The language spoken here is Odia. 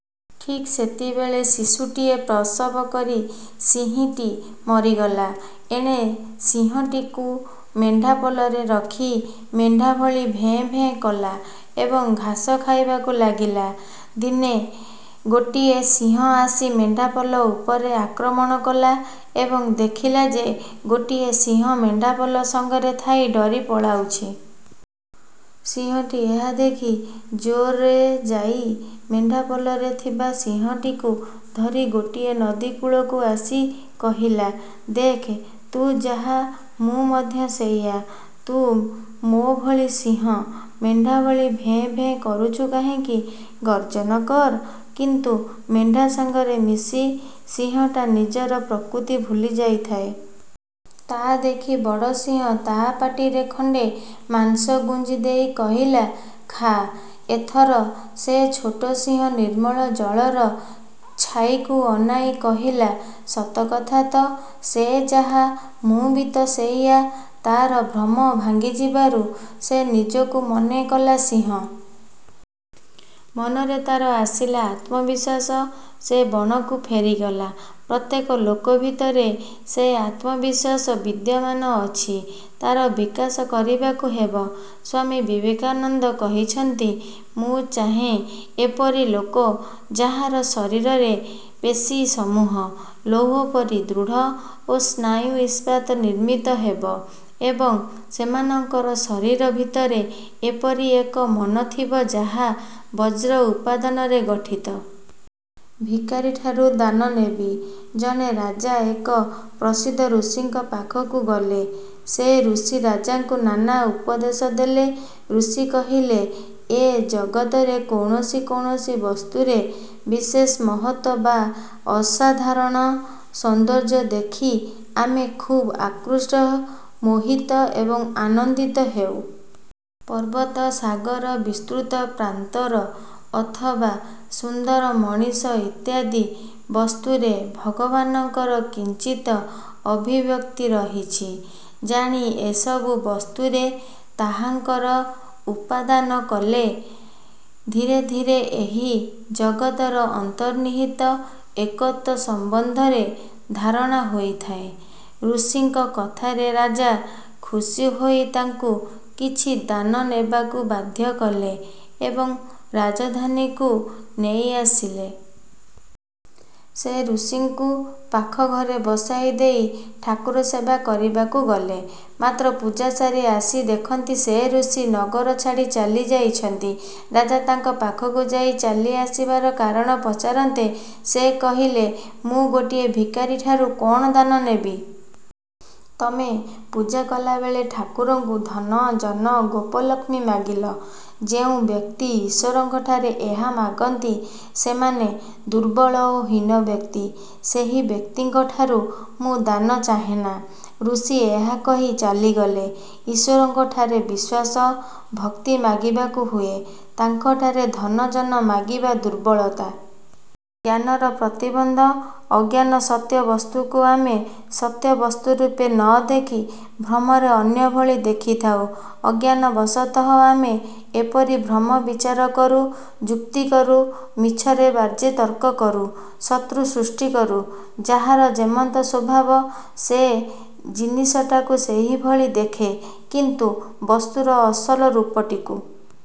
ଠିକ୍ ସେତିକିବେଳେ ଶିଶୁଟିଏ ପ୍ରସବ କରି ସିଂହୀଟି ମରିଗଲା। ଏଣେ ସିଂହଶିଶୁଟି ମେଣ୍ଢାପଲରେ ରହି ମେଣ୍ଢା ଭଳି ଭେ ଭେ କଲା ଏବଂ ଘାସ ଖାଇବାକୁ ଲାଗିଲା। ଦିନେ ଗୋଟିଏ ସିଂହ ଆସି ମେଣ୍ଢାପଲ ଉପରେ ଆକ୍ରମଣ କଲା ଏବଂ ଦେଖିଲା ଯେ ଗୋଟିଏ ସିଂହ ମେଣ୍ଢାପଲ ସଙ୍ଗରେ ଥାଇ ଡରି ପଳାଉଛି। ସିଂହଟି ଏହା ଦେଖି ଜୋରରେ ଯାଇ ମେଣ୍ଢାପଲରେ ଥିବା ସିଂହଟିକୁ ଧରି ଗୋଟିଏ ନଦୀକୂଳକୁ ଆସି କହିଲା- ''ଦେଖ, ତୁ ଯାହା, ମୁଁ ମଧ୍ୟ ସେଇଆ। ତୁ ମୋ ଭଳି ସିଂହ, ମେଣ୍ଢାଭଳି ଭେ ଭେ କରୁଛୁ କାହିଁକି? ଗର୍ଜନ କର। '' କିନ୍ତୁ ମେଣ୍ଢା ସାଙ୍ଗରେ ମିଶି ସିଂହଟା ନିଜ ପ୍ରକୃତି ଭୁଲି ଯାଇଥାଏ। ତା ଦେଖି ବଡ଼ ସିଂହ ତା' ପାଟିରେ ଖଣ୍ଡେ ମାଂସ ଗୁଞ୍ଜିଦେଇ କହିଲା, ''ଖା''। ଏଥର ସେ ଛୋଟ ସିଂହ ନିର୍ମଳ ଜଳର ଛାଇକୁ ଅନାଇ କହିଲା-''ସତକଥା ତ! ସେ ଯାହା, ମୁଁ ବି ତ ସେଇଆ। '' ତାର ଭ୍ରମ ଭାଙ୍ଗିଯିବରୁ ସେ ନିଜକୁ ମନେ କଲା ସିଂହ। ମନରେ ତାର ଆସିଲା ଆତ୍ମବିଶ୍ୱାସ। ସେ ବଣକୁ ଫେରିଗଲା। ପ୍ରତ୍ୟେକ ଲୋକ ଭିତରେ ସେଇ ଆତ୍ମବିଶ୍ୱାସ ବିଦ୍ୟମାନ ଅଛି। ତା'ର ବିକାଶ କରିବାକୁ ହେବ। ସ୍ୱାମୀ ବିବେକାନନ୍ଦ କହିଛନ୍ତି-ମୁଁ ଚାହେଁ ଏପରି ଲୋକ ଯାହାର ଶରୀରର ପେଶୀ-ସମୂହ ଲୌହପରି ଦୃଢ଼ ଓ ସ୍ନାୟୁ ଇସ୍ପାତ ନିର୍ମିତ ହେବ ଏବଂ ସେମାନଙ୍କର ଶରୀର ଭିତରେ ଏପରି ଏକ ମନ ଥିବ ଯାହା ବଜ୍ରର ଉପାଦାନରେ ଗଠିତ। 'ଭିକାରିଠାରୁ ଦାନ ନେବି! ' ଜଣେ ରାଜା ଏକ ପ୍ରସିଦ୍ଧ ଋଷିଙ୍କ ପାଖକୁ ଗଲେ। ସେ ଋଷି ରାଜାଙ୍କୁ ନାନା ଉପଦେଶ ଦେଲେ। ଋଷି କହିଲେ-ଏ ଜଗତରେ କୌଣସି କୌଣସି ବସ୍ତୁରେ। ବିଶେଷ ମହତ୍ତ୍ୱ ବା ଅସାଧାରଣ ସୌନ୍ଦର୍ଯ୍ୟ ଦେଖି ଆମେ ଖବ୍ ଆକୃଷ୍ଟ, ମୋହିତ ଏବଂ ଆନନ୍ଦିତ ହେଉଁ। ପର୍ବତ, ସାଗର, ବିସ୍ତୃତ ପ୍ରାନ୍ତର ଅଥବା ସୁନ୍ଦର ମଣିଷ ଇତ୍ୟାଦି ବସ୍ତୁରେ ଭଗବାନଙ୍କର କିଞ୍ଚିତ ଅଭିବ୍ୟକ୍ତି ରହିଛି ଜାଣି, ଏସବୁ ବସ୍ତୁରେ ତାହାଙ୍କର ଉପାସନା କଲେ ଧୀରେ ଧୀରେ ଏହି ଜଗତର ଅନ୍ତନିର୍ହିତ ଏକତ୍ୱ ସମ୍ବନ୍ଧରେ ଧାରଣା ହୋଇଥାଏ। ଋଷିଙ୍କ କଥାରେ ରାଜା ଖୁସି ହୋଇ ତାଙ୍କୁ କିଛି ଦାନ ନେବାକୁ ବାଧ୍ୟ କଲେ ଏବଂ ରାଜଧାନୀକୁ ନେଇ ଆସିଲେ। ସେ ଋଷିଙ୍କୁ ପାଖ ଘରେ ବସାଇ ଦେଇ ଠାକୁରସେବା କରିବାକୁ ଗଲେ। ମାତ୍ର ପୂଜା କରି ଆସି ଦେଖନ୍ତି ସେ ଋଷି ନଗର ଛାଡ଼ି ଚାଲି ଯାଉଛନ୍ତି। ରାଜା ତାଙ୍କ ପାଖକୁ ଯାଇ ଚାଲିଆସିବାର କାରଣ ପଚାରନ୍ତେ ସେ କହିଲେ-''ମୁଁ ଗୋଟିଏ ଭିକାରୀଠାରୁ କ'ଣ ଦାନ ନେବି? ତମେ ପୂଜାବେଳେ ଠାକୁରଙ୍କୁ ଧନ, ଜନ, ଗୋପଲକ୍ଷ୍ମୀ ମାଗିଲ। ଯେଉଁ ବ୍ୟକ୍ତି ଈଶ୍ୱରଙ୍କଠାରେ ଏହା ମାଗନ୍ତି ସେମାନେ ଦୁର୍ବଳ ଓ ହୀନ ବ୍ୟକ୍ତି। ସେପରି ବ୍ୟକ୍ତିଙ୍କଠାରୁ ମୁଁ ଦାନ ଚାହେଁନା। '' ଋଷି ଏହା କହି ଚାଲିଗଲେ। ଈଶ୍ୱରଙ୍କଠାରେ ବିଶ୍ୱାସ, ଭକ୍ତି ମାଗିବାକୁ ହୁଏ। ତାଙ୍କଠାରେ ଧନ, ଜନ ମାଗିବା ଦୁର୍ବଳତା। ଜ୍ଞାନର ପ୍ରତିବନ୍ଧକ ଅଜ୍ଞାନ ସତ୍ୟ ବସ୍ତୁକୁ ଆମେ ସତ୍ୟ ବସ୍ତୁରୂପେ ନ ଦେଖି ଭ୍ରମରେ ଅନ୍ୟ ଭଳି ଦେଖୁଥାଇଁ। ଅଜ୍ଞାନତାବଶତଃ ଆମେ ଏପରି ଭ୍ରମ ବିଚାର କରୁ। ଯୁକ୍ତି କରୁ, ମିଛରେ ବାଜେ ତର୍କ କରୁ। ଶତ୍ରୁ ସୃଷ୍ଟି କରୁ। 'ଯାହାର ଯେମନ୍ତ ସ୍ୱଭାବ', ସେ ଜିନିଷଟାକୁ ସେହିଭଳି ଦେଖେ; କିନ୍ତୁ ବସ୍ତୁର ଅସଲ ରୂପଟିକୁ